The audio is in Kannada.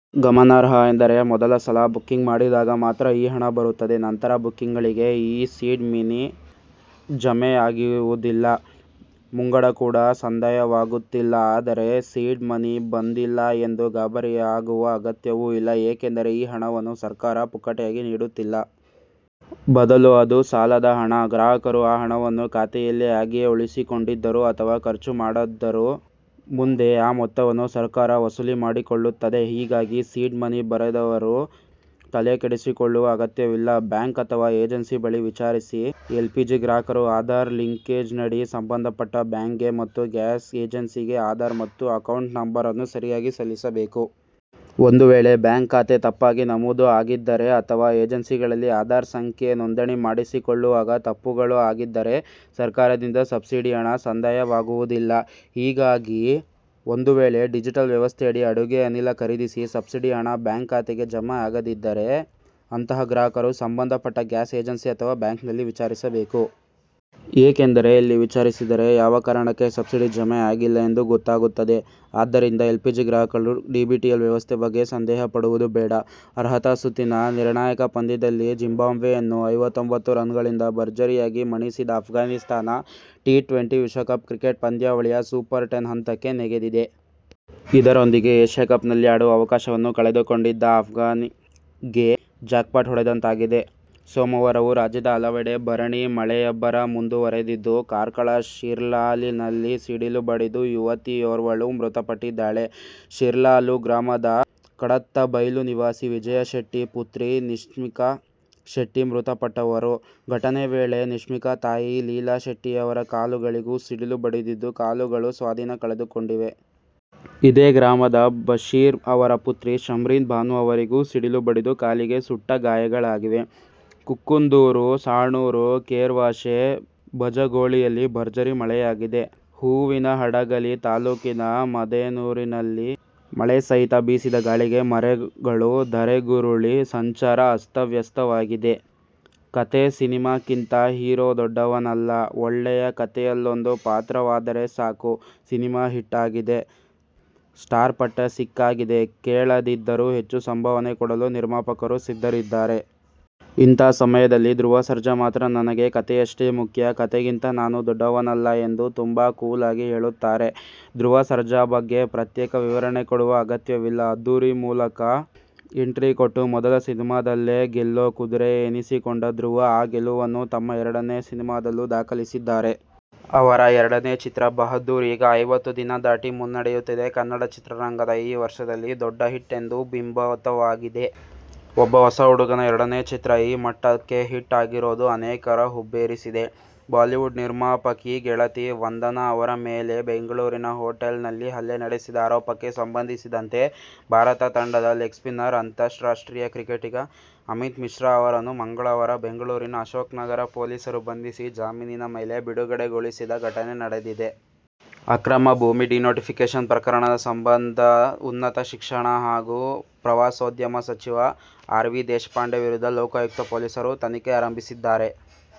ಗಮನಾರ್ಹ ಅಂದರೆ, ಮೊದಲ ಸಲ ಬುಕ್ಕಿಂಗ್ ಮಾಡಿದಾಗ ಮಾತ್ರ ಈ ಹಣ ಬರುತ್ತದೆ. ನಂತರ ಬುಕ್ಕಿಂಗ್ಗಳಿಗೆ ಈ ಸೀಡ್ ಮನಿ ಜಮೆ ಆಗುವುದಿಲ್ಲ. ಮುಂಗಡ ಕೂಡ ಸಂದಾಯವಾಗುತ್ತಿಲ್ಲ. ಆದರೆ, ಸೀಡ್ ಮನಿ ಬಂದಿಲ್ಲ ಎಂದು ಗಾಬರಿಯಾಗುವ ಅಗತ್ಯವೂ ಇಲ್ಲ. ಏಕೆಂದರೆ, ಈ ಹಣವನ್ನು ಸರ್ಕಾರ ಪುಕ್ಕಟೆಯಾಗಿ ನೀಡುತ್ತಿಲ್ಲ. ಬದಲು ಅದು ಸಾಲದ ಹಣ. ಗ್ರಾಹಕರು ಆ ಹಣವನ್ನು ಖಾತೆಯಲ್ಲಿ ಹಾಗೆಯೇ ಉಳಿಸಿಕೊಂಡಿದ್ದರೂ ಅಥವಾ ಖರ್ಚು ಮಾಡಿದ್ದರೂ ಮುಂದೆ ಆ ಮೊತ್ತವನ್ನು ಸರ್ಕಾರ ವಸೂಲಿ ಮಾಡಿಕೊಳ್ಳುತ್ತದೆ. ಹೀಗಾಗಿ, ಸೀಡ್ ಮನಿ ಬರದವರೂ ತಲೆಕೆಡಿಸಿಕೊಳ್ಳುವ ಅಗತ್ಯವಿಲ್ಲ. ಬ್ಯಾಂಕ್ ಅಥವಾ ಏಜೆನ್ಸಿ ಬಳಿ ವಿಚಾರಿಸಿ' ಎಲ್ಪಿಜಿ ಗ್ರಾಹಕರು ಆಧಾರ್ ಲಿಂಕೇಜ್ನಡಿ ಸಂಬಂಧಪಟ್ಟ ಬ್ಯಾಂಕ್ಗೆ ಮತ್ತು ಗ್ಯಾಸ್ ಏಜೆನ್ಸಿಗೆ ಆಧಾರ್ ಮತ್ತು ಅಕೌಂಟ್ ನಂಬರ್ ಅನ್ನು ಸರಿಯಾಗಿ ಸಲ್ಲಿಸಬೇಕು. ಒಂದುವೇಳೆ, ಬ್ಯಾಂಕ್ ಖಾತೆ ತಪ್ಪಾಗಿ ನಮೂದು ಆಗಿದ್ದರೆ, ಅಥವಾ ಏಜೆನ್ಸಿಗಳಲ್ಲಿ ಆಧಾರ್ ಸಂಖ್ಯೆ ನೋಂದಣಿ ಮಾಡಿಸಿಕೊಳ್ಳುವಾಗ ತಪ್ಪುಗಳು ಆಗಿದ್ದರೆ, ಸರ್ಕಾರದಿಂದ ಸಬ್ಸಿಡಿ ಹಣ ಸಂದಾಯವಾಗುವುದಿಲ್ಲ. ಹೀಗಾಗಿ, ಒಂದುವೇಳೆ ಡಿಬಿಟಿಎಲ್ ವ್ಯವಸ್ಥೆಯಡಿ ಅಡುಗೆ ಅನಿಲ ಖರೀದಿಸಿ ಸಬ್ಸಿಡಿ ಹಣ ಬ್ಯಾಂಕ್ ಖಾತೆಗೆ ಜಮೆ ಆಗದಿದ್ದರೆ, ಅಂಥಹ ಗ್ರಾಹಕರು ಸಂಬಂಧಪಟ್ಟ ಗ್ಯಾಸ್ ಏಜೆನ್ಸಿ ಅಥವಾ ಬ್ಯಾಂಕ್ನಲ್ಲಿ ವಿಚಾರಿಸಬೇಕು. ಏಕೆಂದರೆ, ಇಲ್ಲಿ ವಿಚಾರಿಸಿದರೆ ಯಾವ ಕಾರಣಕ್ಕೆ ಸಬ್ಸಿಡಿ ಜಮೆ ಆಗಿಲ್ಲ ಎಂದು ಗೊತ್ತಾಗುತ್ತದೆ. ಆದ್ದರಿಂದ ಎಲ್ಪಿಜಿ ಗ್ರಾಹಕರು ಡಿಬಿಟಿಎಲ್ ವ್ಯವಸ್ಥೆ ಬಗ್ಗೆ ಸಂದೇಹಪಡುವುದು ಬೇಡ'. ಅರ್ಹತಾ ಸುತ್ತಿನ ನಿರ್ಣಾಯಕ ಪಂದ್ಯದಲ್ಲಿ ಜಿಂಬಾಬ್ವೆಯನ್ನು ಐವತ್ತೊಂಬತ್ತು ರನ್ನುಗಳಿಂದ ಭರ್ಜರಿಯಾಗಿ ಮಣಿಸಿದ ಅಫ್ಘಾನಿಸ್ಥಾನ ಟಿ-ಟ್ವೆಂಟಿ ವಿಶ್ವಕಪ್ ಕ್ರಿಕೆಟ್ ಪಂದ್ಯಾವಳಿಯ ಸೂಪರ್-ಟೆನ್ ಹಂತಕ್ಕೆ ನೆಗೆದಿದೆ. ಇದರೊಂದಿಗೆ "ಏಶ್ಯ ಕಪ್'ನಲ್ಲಿ ಆಡುವ ಅವಕಾಶವನ್ನು ಕಳೆದುಕೊಂಡಿದ್ದ ಅಫ್ಘಾನ್ಗೆ ಜಾಕ್ಪಾಟ್ ಹೊಡೆದಂತಾಗಿದೆ. ಸೋಮವಾರವೂ ರಾಜ್ಯದ ಹಲವೆಡೆ ಭರಣಿ ಮಳೆಯಬ್ಬರ ಮುಂದುವರೆದಿದ್ದು ಕಾರ್ಕಳ ಶಿರ್ಲಾಲಿನಲ್ಲಿ ಸಿಡಿಲು ಬಡಿದು ಯುವತಿಯೋರ್ವಳು ಮೃತಪಟ್ಟಿದ್ದಾಳೆ. ಶಿರ್ಲಾಲು ಗ್ರಾಮದ ಕಡತ್ತ ಬೈಲು ನಿವಾಸಿ ವಿಜಯ ಶೆಟ್ಟಿ ಪುತ್ರಿ ನಿಶ್ಮಿತಾ ಶೆಟ್ಟಿ ಮೃತಪಟ್ಟವರು. ಘಟನೆ ವೇಳೆ ನಿಶ್ಮಿತಾ ತಾಯಿ ಲೀಲಾ ಶೆಟ್ಟಿ ಯವರ ಕಾಲುಗಳಿಗೂ ಸಿಡಿಲು ಬಡಿದಿದ್ದು, ಕಾಲುಗಳು ಸ್ವಾಧೀನ ಕಳೆದುಕೊಂಡಿವೆ. ಇದೇ ಗ್ರಾಮದ ಬಶೀರ್ ಅವರ ಪುತ್ರಿ ಶಂರೀನ್ ಭಾನು ಅವರಿಗೂ ಸಿಡಿಲು ಬಡಿದು ಕಾಲಿಗೆ ಸುಟ್ಟ ಗಾಯಗಳಾಗಿವೆ. ಕುಕ್ಕುಂದೂರು, ಸಾಣೂರು, ಕೆರ್ವಾಶೆ, ಬಜಗೋಳಿಯಲ್ಲಿ ಭರ್ಜರಿ ಮಳೆಯಾಗಿದೆ. ಹೂವಿನಹಡಗಲಿ ತಾಲೂಕಿನ ಮುದೇನೂರಿನಲ್ಲಿ ಮಳೆ ಸಹಿತ ಬೀಸಿದ ಗಾಳಿಗೆ ಮರಗಳು ಧರೆಗುರುಳಿ ಸಂಚಾರ ಅಸ್ತವ್ಯಸ್ತವಾಗಿದೆ. "ಕಥೆ, ಸಿನಿಮಾಕ್ಕಿಂತ ಹೀರೋ ದೊಡ್ಡವನಲ್ಲ, ಒಳ್ಳೆಯ ಕಥೆಯಲ್ಲೊಂದು ಪಾತ್ರವಾದರೆ ಸಾಕು ' ಸಿನಿಮಾ ಹಿಟ್ ಆಗಿದೆ, ಸ್ಟಾರ್ಪಟ್ಟ ಸಿಕ್ಕಾಗಿದೆ, ಕೇಳದಿದ್ದರೂ ಹೆಚ್ಚು ಸಂಭಾವನೆ ಕೊಡಲು ನಿರ್ಮಾಪಕರು ಸಿದ್ಧರಿದ್ದಾರೆ. ಇಂತಹ ಸಮಯದಲ್ಲಿ ಧ್ರುವ ಸರ್ಜಾ ಮಾತ್ರ ನನಗೆ ಕಥೆಯಷ್ಟೇ ಮುಖ್ಯ, ಕಥೆಗಿಂತ ನಾನು ದೊಡ್ಡವನಲ್ಲ ಎಂದು ತುಂಬಾ ಕೂಲ್ ಆಗಿ ಹೇಳುತ್ತಾರೆ. ಧ್ರುವ ಸರ್ಜಾ ಬಗ್ಗೆ ಪ್ರತ್ಯೇಕ ವಿವರಣೆ ಕೊಡುವ ಅಗತ್ಯವಿಲ್ಲ. "ಅದ್ಧೂರಿ' ಮೂಲಕ ಎಂಟ್ರಿ ಕೊಟ್ಟು ಮೊದಲ ಸಿನಿಮಾದಲ್ಲೇ ಗೆಲ್ಲೋ ಕುದುರೆ ಎನಿಸಿಕೊಂಡ ಧ್ರುವ, ಆ ಗೆಲುವನ್ನು ತಮ್ಮ ಎರಡನೇ ಸಿನಿಮಾದಲ್ಲೂ ದಾಖಲಿಸಿದ್ದಾರೆ. ಅವರ ಎರಡನೇ ಚಿತ್ರ "ಬಹದ್ದೂರ್' ಈಗ ಐವತ್ತು ದಿನ ದಾಟಿ ಮುನ್ನಡೆಯುತ್ತಿದೆ. ಕನ್ನಡ ಚಿತ್ರರಂಗದ ಈ ವರ್ಷದಲ್ಲಿ ದೊಡ್ಡ ಹಿಟ್ ಎಂದು ಬಿಂಬಿತವಾಗಿದೆ. ಒಬ್ಬ ಹೊಸ ಹುಡುಗನ ಎರಡನೇ ಚಿತ್ರ ಈ ಮಟ್ಟಕ್ಕೆ ಹಿಟ್ ಆಗಿರೋದು ಅನೇಕರ ಹುಬ್ಬೇರಿಸಿದೆ. ಬಾಲಿವುಡ್ ನಿರ್ಮಾಪಕಿ, ಗೆಳತಿ ವಂದನಾ ಅವರ ಮೇಲೆ ಬೆಂಗಳೂರಿನ ಹೋಟೆಲ್ ನಲ್ಲಿ ಹಲ್ಲೆ ನಡೆಸಿದ ಆರೋಪಕ್ಕೆ ಸಂಬಂಧಿಸಿದಂತೆ ಭಾರತ ತಂಡದ ಲೆಗ್ ಸ್ಪಿನ್ನರ್, ಅಂತಾರಾಷ್ಟ್ರೀಯ ಕ್ರಿಕೆಟಿಗ ಅಮಿತ್ ಮಿಶ್ರಾ ಅವರನ್ನು ಮಂಗಳವಾರ ಬೆಂಗಳೂರಿನ ಅಶೋಕ್ ನಗರ ಪೊಲೀಸರು ಬಂಧಿಸಿ, ಜಾಮೀನಿನ ಮೇಲೆ ಬಿಡುಗಡೆಗೊಳಿಸಿದ ಘಟನೆ ನಡೆದಿದೆ. ಅಕ್ರಮ ಭೂಮಿ ಡಿ-ನೋಟಿಫಿಕೇಶನ್ ಪ್ರಕರಣದ ಸಂಬಂಧ ಉನ್ನತ ಶಿಕ್ಷಣ ಹಾಗೂ ಪ್ರವಾಸೋದ್ಯಮ ಸಚಿವ ಆರ್. ವಿ. ದೇಶಪಾಂಡೆ ವಿರುದ್ಧ ಲೋಕಾಯುಕ್ತ ಪೊಲೀಸರು ತನಿಖೆ ಆರಂಭಿಸಿದ್ದಾರೆ.